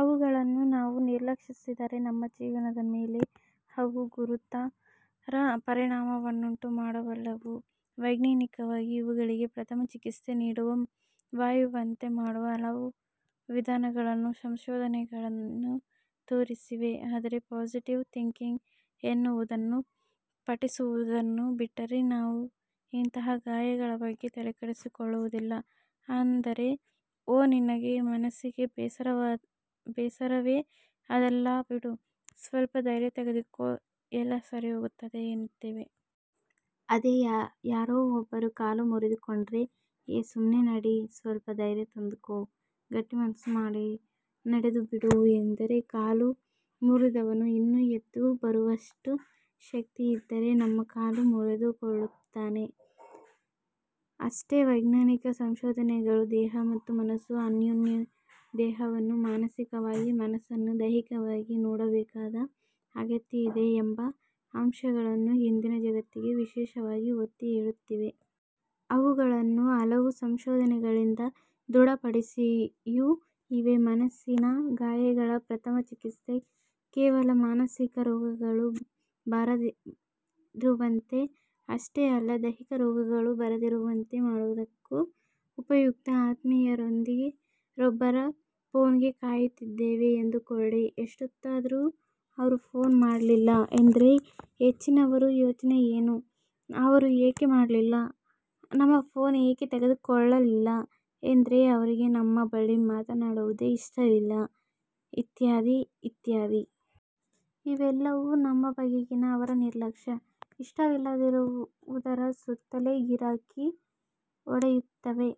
ಅವುಗಳನ್ನು ನಾವು ನಿರ್ಲಕ್ಷಿಸಿದರೆ ನಮ್ಮ ಜೀವನದ ಮೇಲೆ ಅವು ಗುರುತರ ಪರಿಣಾಮವನ್ನುಂಟುಮಾಡಬಲ್ಲವು. ವೈಜ್ಞಾನಿಕವಾಗಿ ಇವುಗಳಿಗೆ ಪ್ರಥಮ ಚಿಕಿತ್ಸೆ ನೀಡುವ, ಮಾಯುವಂತೆ ಮಾಡುವ ಹಲವು ವಿಧಾನಗಳನ್ನು ಸಂಶೋಧನೆಗಳೇನೋ ತೋರಿಸಿವೆ. ಆದರೆ 'ಪಾಸಿಟಿವ್ ಥಿಂಕಿಂಗ್' ಎನ್ನುವುದನ್ನು ಪಠಿಸುವುದನ್ನು ಬಿಟ್ಟರೆ, ನಾವು ಇಂತಹ ಗಾಯಗಳ ಬಗ್ಗೆ ತಲೆಕೆಡಿಸಿಕೊಳ್ಳುವುದಿಲ್ಲ. ಅಂದರೆ 'ಓ ನಿನಗೆ ಮನಸ್ಸಿಗೆ ಬೇಸರವೆ ಅದೆಲ್ಲಾ ಬಿಡು, ಸ್ವಲ್ಪ ಧೈರ್ಯ ತೆಗೆದುಕೋ, ಎಲ್ಲಾ ಸರಿ ಹೋಗುತ್ತದೆ' ಎನ್ನುತ್ತೇವೆ. ಅದೇ ಯಾರೋ ಒಬ್ಬರು ಕಾಲು ಮುರಿದುಕೊಂಡರೆ 'ಏ ಸುಮ್ಮನೇ ನಡೆ, ಸ್ವಲ್ಪ ಧೈರ್ಯ ತಂದುಕೋ, ಗಟ್ಟಿ ಮನಸ್ಸು ಮಾಡಿ ನಡೆದು ಬಿಡು' ಎಂದರೆ ಕಾಲು ಮುರಿದವನು ಇನ್ನೂ ಎದ್ದು ಬರುವಷ್ಟು ಶಕ್ತಿಯಿದ್ದರೆ ನಮ್ಮ ಕಾಲು ಮುರಿದುಕೊಳ್ಳುತ್ತಾನೆ, ಅಷ್ಟೆ. ವೈಜ್ಞಾನಿಕ ಸಂಶೋಧನೆಗಳು ದೇಹ ಮತ್ತು ಮನಸ್ಸು ಅನ್ಯೋನ್ಯ, ದೇಹವನ್ನು ಮಾನಸಿಕವಾಗಿ, ಮನಸ್ಸನ್ನು ದೈಹಿಕವಾಗಿ ನೋಡಬೇಕಾದ ಅಗತ್ಯ ಇದೆ ಎಂಬ ಅಂಶಗಳನ್ನು ಇಂದಿನ ಜಗತ್ತಿಗೆ ವಿಶೇಷವಾಗಿ ಒತ್ತಿ ಹೇಳುತ್ತಿವೆ. ಅವುಗಳನ್ನು ಹಲವು ಸಂಶೋಧನೆಗಳಿಂದ ದೃಢಪಡಿಸಿಯೂ ಇವೆ. ಮನಸ್ಸಿನ ಗಾಯಗಳ 'ಪ್ರಥಮ ಚಿಕಿತ್ಸೆ' ಕೇವಲ ಮಾನಸಿಕ ರೋಗಗಳು ಬರದಿರುವಂತೆ ಅಷ್ಟೇ ಅಲ್ಲ, ದೈಹಿಕ ರೋಗಗಳು ಬರದಿರುವಂತೆ ಮಾಡುವುದಕ್ಕೂ ಉಪಯುಕ್ತ. ಆತ್ಮೀಯರೊಬ್ಬರ ಫೋನ್ಗೆ ಕಾಯುತ್ತಿದ್ದೇವೆ, ಎಂದುಕೊಳ್ಳಿ, ಎಷ್ಟೊತ್ತಾದರೂ ಅವರು ಫೋನ್ ಮಾಡಲಿಲ್ಲ ಎಂದರೆ ಹೆಚ್ಚಿನವರ ಯೋಚನೆ ಏನು? ಅವರು ಏಕೆ ಮಾಡಲಿಲ್ಲ, ನಮ್ಮ ಫೋನ್ ಏಕೆ ತೆಗೆದುಕೊಳ್ಳಲಿಲ್ಲ, ಎಂದರೆ ಅವರಿಗೆ ನಮ್ಮ ಬಳಿ ಮಾತನಾಡುವುದೇ ಇಷ್ಟವಿಲ್ಲ ಇತ್ಯಾದಿ ಇತ್ಯಾದಿ. ಇವೆಲ್ಲವೂ ನಮ್ಮ ಬಗೆಗಿನ ಅವರ 'ನಿರ್ಲಕ್ಷ್ಯ', 'ಇಷ್ಟವಿಲ್ಲದಿರುವುದರ' ಸುತ್ತಲೇ ಗಿರಕಿ ಹೊಡೆಯುತ್ತವೆ.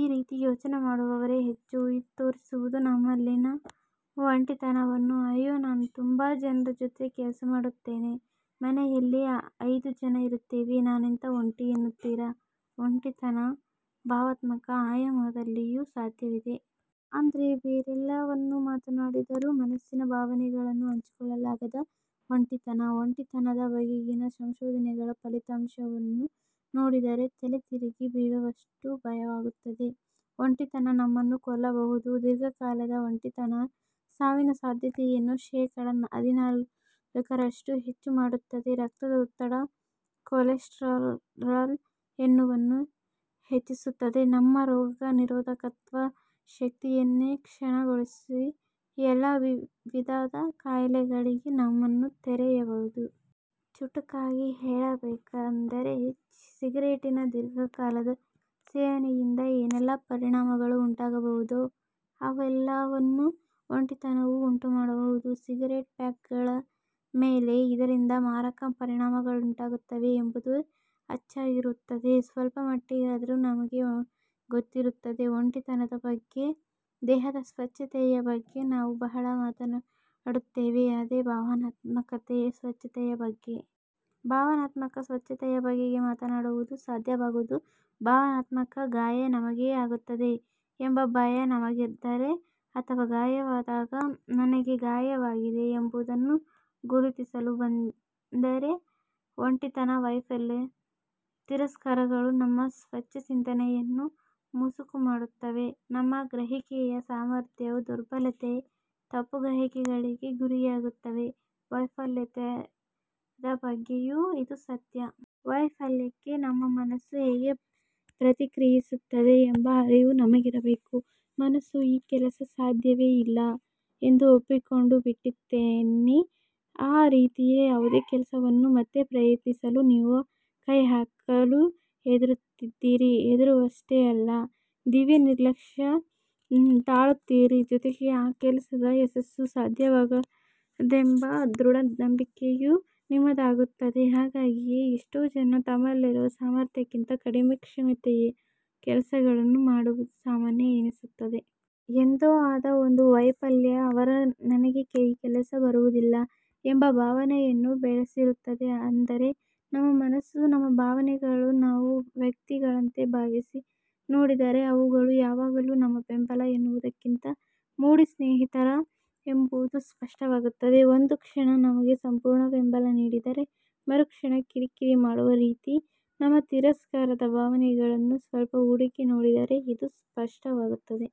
ಈ ರೀತಿ ಯೋಚನೆ ಮಾಡುವವರೇ ಹೆಚ್ಚು. ಇದು ತೋರಿಸುವುದು ನಮ್ಮಲ್ಲಿನ 'ಒಂಟಿತನ'ವನ್ನು. 'ಅಯ್ಯೋ ನಾನು ತುಂಬಾ ಜನರ ಜೊತೆ ಕೆಲಸ ಮಾಡುತ್ತೇನೆ, ಮನೆಯಲ್ಲಿ ಐದು ಜನ ಇರುತ್ತೇವೆ ನಾನೆಂಥ ಒಂಟಿ' ಎನ್ನುತ್ತೀರಾ 'ಒಂಟಿತನ' ಭಾವನಾತ್ಮಕ ಆಯಾಮದಲ್ಲಿಯೂ ಸಾಧ್ಯವಿದೆ. ಅಂದರೆ ಬೇರೆಲ್ಲವನ್ನೂ ಮಾತನಾಡಿದರೂ, ಮನಸ್ಸಿನ ಭಾವನೆಗಳನ್ನು ಹಂಚಿಕೊಳ್ಳಲಾಗದ 'ಒಂಟಿತನ'. 'ಒಂಟಿತನ'ದ ಬಗೆಗಿನ ಸಂಶೋಧನೆಗಳ ಫಲಿತಗಳನ್ನು ನೋಡಿದರೆ ತಲೆತಿರುಗಿ ಬೀಳುವಷ್ಟು ಭಯವಾಗುತ್ತದೆ ಒಂಟಿತನ ನಮ್ಮನ್ನು ಕೊಲ್ಲಬಹುದು. ದೀರ್ಘಕಾಲದ ಒಂಟಿತನ ಸಾವಿನ ಸಾಧ್ಯತೆಯನ್ನು ಶೇಖಡ ಹದಿನಾಲ್ಕರಷ್ಟು ಹೆಚ್ಚು ಮಾಡುತ್ತದೆ ರಕ್ತದೊತ್ತಡ, ಕೊಲೆಸ್ಟರಾಲ್ ಎಲ್ಲವನ್ನೂ ಹೆಚ್ಚಿಸುತ್ತದೆ. ನಮ್ಮ ರೋಗನಿರೋಧಕತ್ವ ಶಕ್ತಿಯನ್ನೇ ಕ್ಷೀಣಗೊಳಿಸಿ, ಎಲ್ಲಾ ವಿಧದ ಕಾಯಿಲೆಗಳಿಗೆ ನಮ್ಮನ್ನು ತೆರೆಯಬಹುದು. ಚುಟುಕಾಗಿ ಹೇಳಬೇಕೆಂದರೆ ಸಿಗರೇಟಿನ ದೀರ್ಘ ಕಾಲದ ಸೇವನೆಯಿಂದ ಏನೆಲ್ಲ ಪರಿಣಾಮಗಳು ಉಂಟಾಗಬಹುದೋ ಅವೆಲ್ಲವನ್ನೂ 'ಒಂಟಿತನ'ವೂ ಉಂಟುಮಾಡಬಹುದು. ಸಿಗರೇಟು ಪ್ಯಾಕೆಟ್ಗಳ ಮೇಲೆ 'ಇದರಿಂದ ಮಾರಕ ಪರಿಣಾಮಗಳುಂಟಾಗುತ್ತವೆ' ಎಂಬುದು ಅಚ್ಚಾಗಿರುತ್ತದೆ. ಸ್ವಲ್ಪ ಮಟ್ಟಿಗಾದರೂ ನಮಗೆ ಗೊತ್ತಿರುತ್ತದೆ. 'ಒಂಟಿತನ'ದ ಬಗ್ಗೆ ದೇಹದ ಸ್ವಚ್ಛತೆಯ ಬಗ್ಗೆ ನಾವು ಬಹಳ ಮಾತನಾಡುತ್ತೇವೆ. ಅದೇ ಭಾವನಾತ್ಮಕ ಸ್ವಚ್ಛತೆಯ ಬಗ್ಗೆ? ಭಾವನಾತ್ಮಕ ಸ್ವಚ್ಛತೆಯ ಬಗೆಗೆ ಮಾತನಾಡುವುದು ಸಾಧ್ಯವಾಗುವುದು ಭಾವನಾತ್ಮಕ 'ಗಾಯ' ನಮಗೆ ಆಗುತ್ತದೆ ಎಂಬ 'ಭಯ' ನಮಗಿದ್ದರೆ, ಅಥವಾ ಗಾಯವಾದಾಗ 'ನನಗೆ ಗಾಯವಾಗಿದೆ' ಎಂಬುದನ್ನು ಗುರುತಿಸಲು ಬಂದರೆ. ಒಂಟಿತನ, ವೈಫಲ್ಯ, ತಿರಸ್ಕಾರಗಳು ನಮ್ಮ ಸ್ಪಷ್ಟ ಚಿಂತನೆಯನ್ನು ಮಸುಕು ಮಾಡುತ್ತವೆ. ನಮ್ಮ ಗ್ರಹಿಕೆಯ ಸಾಮರ್ಥ್ಯವೂ ದುರ್ಬಲತೆ-ತಪ್ಪುಗ್ರಹಿಕೆಗಳಿಗೆ ಗುರಿಯಾಗುತ್ತವೆ. ವೈಫಲ್ಯದ ಬಗ್ಗೆಯೂ ಇದು ಸತ್ಯ. ವೈಫಲ್ಯಕ್ಕೆ ನಮ್ಮ ಮನಸ್ಸು ಹೇಗೆ ಪ್ರತಿಕ್ರಿಯಿಸುತ್ತದೆ ಎಂಬ ಅರಿವು ನಮಗಿರಬೇಕು. ಮನಸ್ಸು 'ಈ ಕೆಲಸ ಸಾಧ್ಯವೇ ಇಲ್ಲ' ಎಂದು ಒಪ್ಪಿಕೊಂಡು ಬಿಟ್ಟಿತೆನ್ನಿ. ಆ ರೀತಿಯ ಯಾವುದೇ ಕೆಲಸವನ್ನು ಮತ್ತೆ ಪ್ರಯತ್ನಿಸಲೂ ನೀವು ಕೈಹಾಕಲು ಹೆದರುತ್ತೀರಿ. ಹೆದರುವುದಷ್ಟೇ ಅಲ್ಲ, ದಿವ್ಯ ನಿರ್ಲಕ್ಷ್ಯ ತಾಳುತ್ತೀರಿ! ಜೊತೆಗೇ ಆ ಕೆಲಸದಲ್ಲಿ ಯಶಸ್ಸು ಸಾಧ್ಯವಾಗದೆಂಬ ದೃಢ ನಂಬಿಕೆಯೂ ನಿಮ್ಮದಾಗುತ್ತದೆ ಹಾಗಾಗಿಯೇ ಎಷ್ಟೋ ಜನ ತಮ್ಮಲ್ಲಿರುವ ಸಾಮರ್ಥ್ಯಕ್ಕಿಂತ ಕಡಿಮೆ ಕ್ಷಮತೆಯ ಕೆಲಸಗಳನ್ನು ಮಾಡುವುದು ಸಾಮಾನ್ಯ ಎನಿಸುತ್ತದೆ. ಎಂದೋ ಆದ ಒಂದು ವೈಫಲ್ಯ ಅವರ 'ನನಗೆ ಈ ಕೆಲಸ ಬರುವುದಿಲ್ಲ' ಎಂಬ ಭಾವನೆಯನ್ನು ಬೆಳೆಸಿರುತ್ತದೆ. ಅಂದರೆ ನಮ್ಮ ಮನಸ್ಸು ಮತ್ತು ಭಾವನೆಗಳನ್ನು ನಾವು 'ವ್ಯಕ್ತಿ'ಗಳಂತೆ ಭಾವಿಸಿ ನೋಡಿದರೆ ಅವುಗಳು ಯಾವಾಗಲೂ ನಮ್ಮ 'ಬೆಂಬಲ' ಎನ್ನುವುದಕ್ಕಿಂತ 'ಮೂಡಿ' ಸ್ನೇಹಿತರು ಎಂಬುದು ಸ್ಪಷ್ಟವಾಗುತ್ತದೆ. ಒಂದು ಕ್ಷಣ ನಮಗೆ ಸಂಪೂರ್ಣ ಬೆಂಬಲ ನೀಡಿದರೆ, ಮರುಕ್ಷಣ ಕಿರಿಕಿರಿ ಮಾಡುವ ರೀತಿ. ನಮ್ಮ 'ತಿರಸ್ಕಾರ'ದ ಭಾವನೆಗಳನ್ನು ಸ್ವಲ್ಪ ಹುಡುಕಿ ನೋಡಿದರೆ ಇದು ಸ್ಪಷ್ಟವಾಗುತ್ತದೆ.